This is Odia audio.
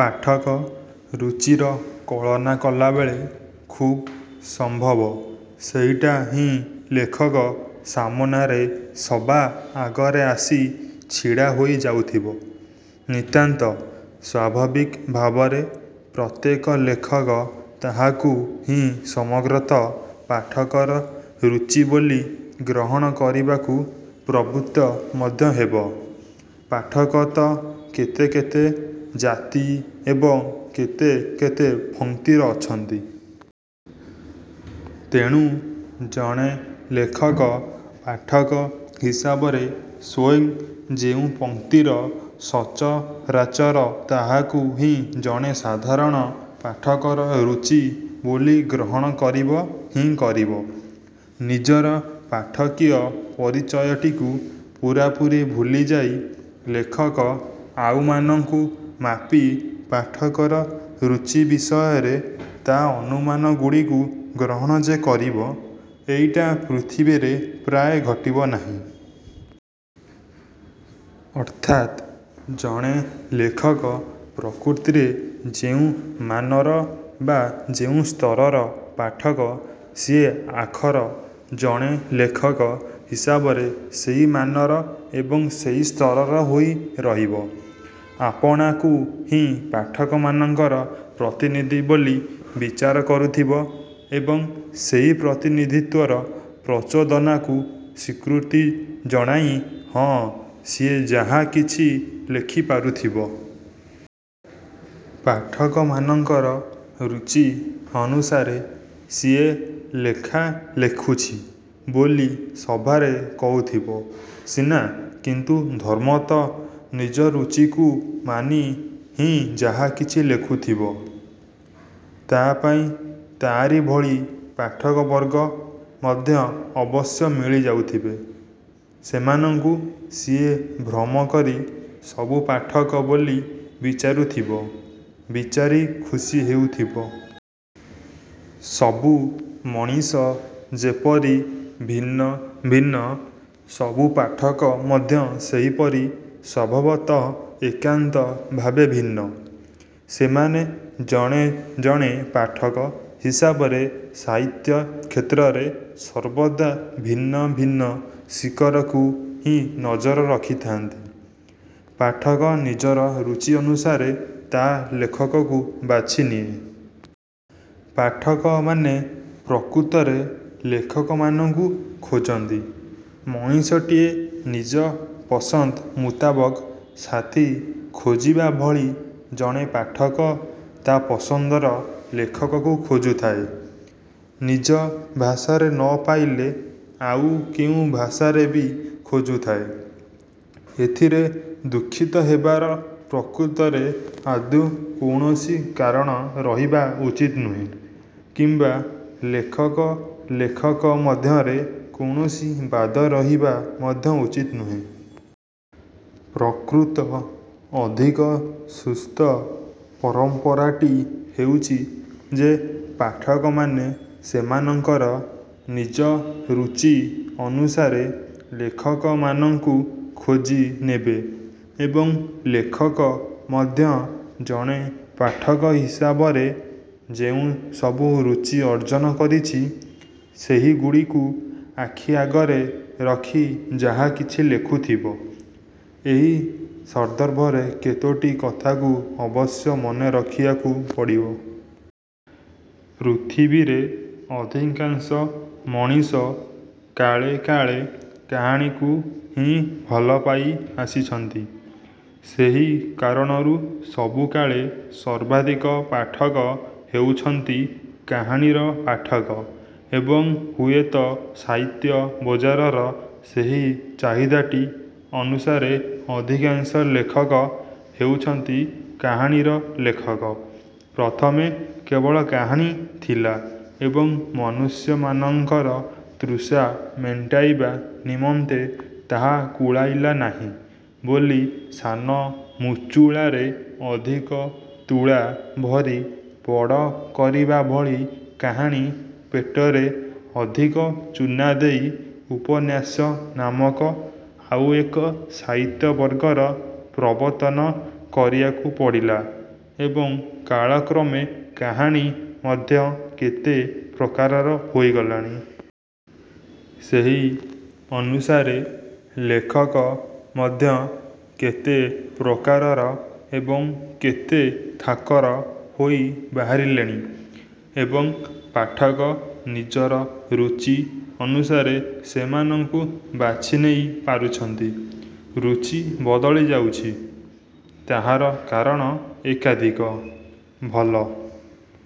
ପାଠକ ରୁଚିର କଳନା କଲାବେଳେ ଖୁବ୍ ସମ୍ଭବ ସେହିଟା ହିଁ ଲେଖକ ସାମନାରେ ସବା ଆଗରେ ଆସି ଛିଡ଼ା ହୋଇ ଯାଉଥିବ। ନିତାନ୍ତ ସ୍ୱାଭାବିକ ଭାବରେ ପ୍ରତ୍ୟେକ ଲେଖକ ତାହାକୁ ହିଁ ସମଗ୍ରତଃ ପାଠକର ରୁଚି ବୋଲି ଗ୍ରହଣ କରିବାକୁ ପ୍ରବୃତ୍ତ ମଧ୍ୟ ହେବ। ପାଠକ ତ କେତେ କେତେ ଜାତି ଏବଂ କେତେ କେତେ ପଂକ୍ତିର ଅଛନ୍ତି। ତେଣୁ ଜଣେ ଲେଖକ ପାଠକ ହିସାବରେ ସ୍ଵୟଂ ଯେଉଁ ପଂକ୍ତିର ସଚରାଚର ତାହାକୁ ହିଁ ଜଣେ ସାଧାରଣ ପାଠକର ରୁଚି ବୋଲି ଗ୍ରହଣ କରିବ ହିଁ କରିବ। ନିଜର ପାଠକୀୟ ପରିଚୟଟିକୁ ପୂରାପୂରି ଭୁଲିଯାଇ ଲେଖକ ଆଉମାନଙ୍କୁ ମାପି ପାଠକର ରୁଚି ବିଷୟରେ ତା ଅନୁମାନଗୁଡ଼ିକୁ ଗ୍ରହଣ ଯେ କରିବ, ଏଇଟା ପୃଥିବୀରେ ପ୍ରାୟ ଘଟିବ ନାହିଁ। ଅର୍ଥାତ୍ ଜଣେ ଲେଖକ ପ୍ରକୃତରେ ଯେଉଁ ମାନର ବା ଯେଉଁ ସ୍ତରର ପାଠକ ସିଏ ଆଖର ଜଣେ ଲେଖକ ହିସାବରେ ସେହି ମାନର ଏବଂ ସେହି ସ୍ତରର ହୋଇ ରହିବ। ଆପଣାକୁ ହିଁ ପାଠକମାନଙ୍କର ପ୍ରତିନିଧି ବୋଲି ବିଚାର କରୁଥିବ ଏବଂ ସେହି ପ୍ରତିନିଧିତ୍ୱର ପ୍ରଚୋଦନାକୁ ସ୍ୱୀକୃତି ଜଣାଇ ହଁ ସିଏ ଯାହା କିଛି ଲେଖି ପାରୁଥିବ। ପାଠକମାନଙ୍କର ରୁଚି ଅନୁସାରେ ସିଏ ଲେଖା ଲେଖୁଛି ବୋଲି ସଭାରେ କହୁଥିବ ସିନା କିନ୍ତୁ ଧର୍ମତଃ ନିଜ ରୁଚିକୁ ମାନି ହିଁ ଯାହାକିଛି ଲେଖୁଥବ। ତା ପାଇଁ ତାରି ଭଳି ପାଠକବର୍ଗ ମଧ୍ୟ ଅବଶ୍ୟ ମିଳିଯାଉଥିବେ। ସେମାନଙ୍କୁ ସିଏ ଭ୍ରମ କରି ସବୁ ପାଠକ ବୋଲି ବିଚାରୁଥିବ, ବିଚାରି ଖୁସୀ ହେଉଥିବ। ସବୁ ମଣିଷ ଯେପରି ଭିନ୍ନ ଭିନ୍ନ, ସବୁ ପାଠକ ମଧ୍ୟ ସେହିପରି ସ୍ୱଭାବତଃ ଏକାନ୍ତ ଭାବେ ଭିନ୍ନ। ସେମାନେ ଜଣେ ଜଣେ ପାଠକ ହିସାବରେ ସାହିତ୍ୟ କ୍ଷେତ୍ରରେ ସର୍ବଦା ଭିନ୍ନ ଭିନ୍ନ ଶିଖରକୁ ହିଁ ନଜର ରଖିଥାଆନ୍ତି। ପାଠକ ନିଜର ରୁଚି ଅନୁସାରେ ତା ଲେଖକକୁ ବାଛି ନିଏ। ପାଠକମାନେ ପ୍ରକୃତରେ ଲେଖକମାନଙ୍କୁ ଖୋଜନ୍ତି। ମଣିଷଟିଏ ନିଜ ପସନ୍ଦ ମୁତାବକ ସାଥୀ ଖୋଜିବା ଭଳି ଜଣେ ପାଠକ ତା ପସନ୍ଦର ଲେଖକକୁ ଖୋଜୁଥାଏ। ନିଜ ଭାଷାରେ ନ ପାଇଲେ ଆଉ କେଉଁ ଭାଷାରେ ବି ଖୋଜୁଥାଏ। ଏଥିରେ ଦୁଃଖିତ ହେବାର ପ୍ରକୃତରେ ଆଦୌ କୌଣସି କାରଣ ରହିବା ଉଚିତ ନୁହେଁ କିମ୍ବା ଲେଖକ ଲେଖକ ମଧ୍ୟରେ କୌଣସି ବାଦ ରହିବା ମଧ୍ୟ ଉଚିତ ନୁହେଁ। ପ୍ରକୃତ ଅଧିକ ସୁସ୍ଥ ପରମ୍ପରାଟି ହେଉଛି ଯେ ପାଠକମାନେ ସେମାନଙ୍କର ନିଜ ରୁଚି ଅନୁସାରେ ଲେଖକମାନଙ୍କୁ ଖୋଜି ନେବେ ଏବଂ ଲେଖକ ମଧ୍ୟ ଜଣେ ପାଠକ ହିସାବରେ ଯେଉଁ ସବୁ ରୁଚି ଅର୍ଜନ କରିଛି, ସେହିଗୁଡ଼ିକୁ ଆଖି ଆଗରେ ରଖି ଯାହାକିଛି ଲେଖୁଥିବ। ଏହି ସନ୍ଦର୍ଭରେ କେତୋଟି କଥାକୁ ଅବଶ୍ୟ ମନେ ରଖିବାକୁ ପଡ଼ିବ। ପୃଥିବୀରେ ଅଧିକାଂଶ ମଣିଷ କାଳେ କାଳେ କାହାଣୀକୁ ହିଁ ଭଲ ପାଇ ଆସିଛନ୍ତି। ସେହି କାରଣରୁ ସବୁକାଳେ ସର୍ବାଧିକ ପାଠକ ହେଉଛନ୍ତି କାହାଣୀର ପାଠକ ଏବଂ ହୁଏତ ସାହିତ୍ୟ ବଜାରର ସେହି ଚାହିଦାଟି ଅନୁସାରେ ଅଧିକାଂଶ ଲେଖକ ହେଉଛନ୍ତି କାହାଣୀର ଲେଖକ। ପ୍ରଥମେ କେବଳ କାହାଣୀ ଥିଲା ଏବଂ ମନୁଷ୍ୟମାନଙ୍କର ତୃଷା ମେଣ୍ଟାଇବା ନିମନ୍ତେ ତାହା କୁଳାଇଲା ନାହିଁ ବୋଲି ସାନ ମୁଚୁଳାରେ ଅଧିକ ତୁଳା ଭରି ବଡ଼ କରିବା ଭଳି କାହାଣୀ ପେଟରେ ଅଧିକ ଚୂନା ଦେଇ ଉପନ୍ୟାସ ନାମକ ଆଉ ଏକ ସାହିତ୍ୟବର୍ଗର ପ୍ରବର୍ତ୍ତନ କରିବାକୁ ପଡ଼ିଲା ଏବଂ କାଳକ୍ରମେ କାହାଣୀ ମଧ୍ୟ କେତେ ପ୍ରକାରର ହୋଇଗଲାଣି। ସେହି ଅନୁସାରେ ଲେଖକ ମଧ୍ୟ କେତେ ପ୍ରକାରର ଏବଂ କେତେ ଥାକର ହୋଇ ବାହାରିଲେଣି ଏବଂ ପାଠକ ନିଜର ରୁଚି ଅନୁସାରେ ସେମାନଙ୍କୁ ବାଛିନେଇ ପାରୁଛନ୍ତି, ରୁଚି ବଦଳି ଯାଉଛି। ତାହାର କାରଣ ଏକାଧିକ। ଭଲ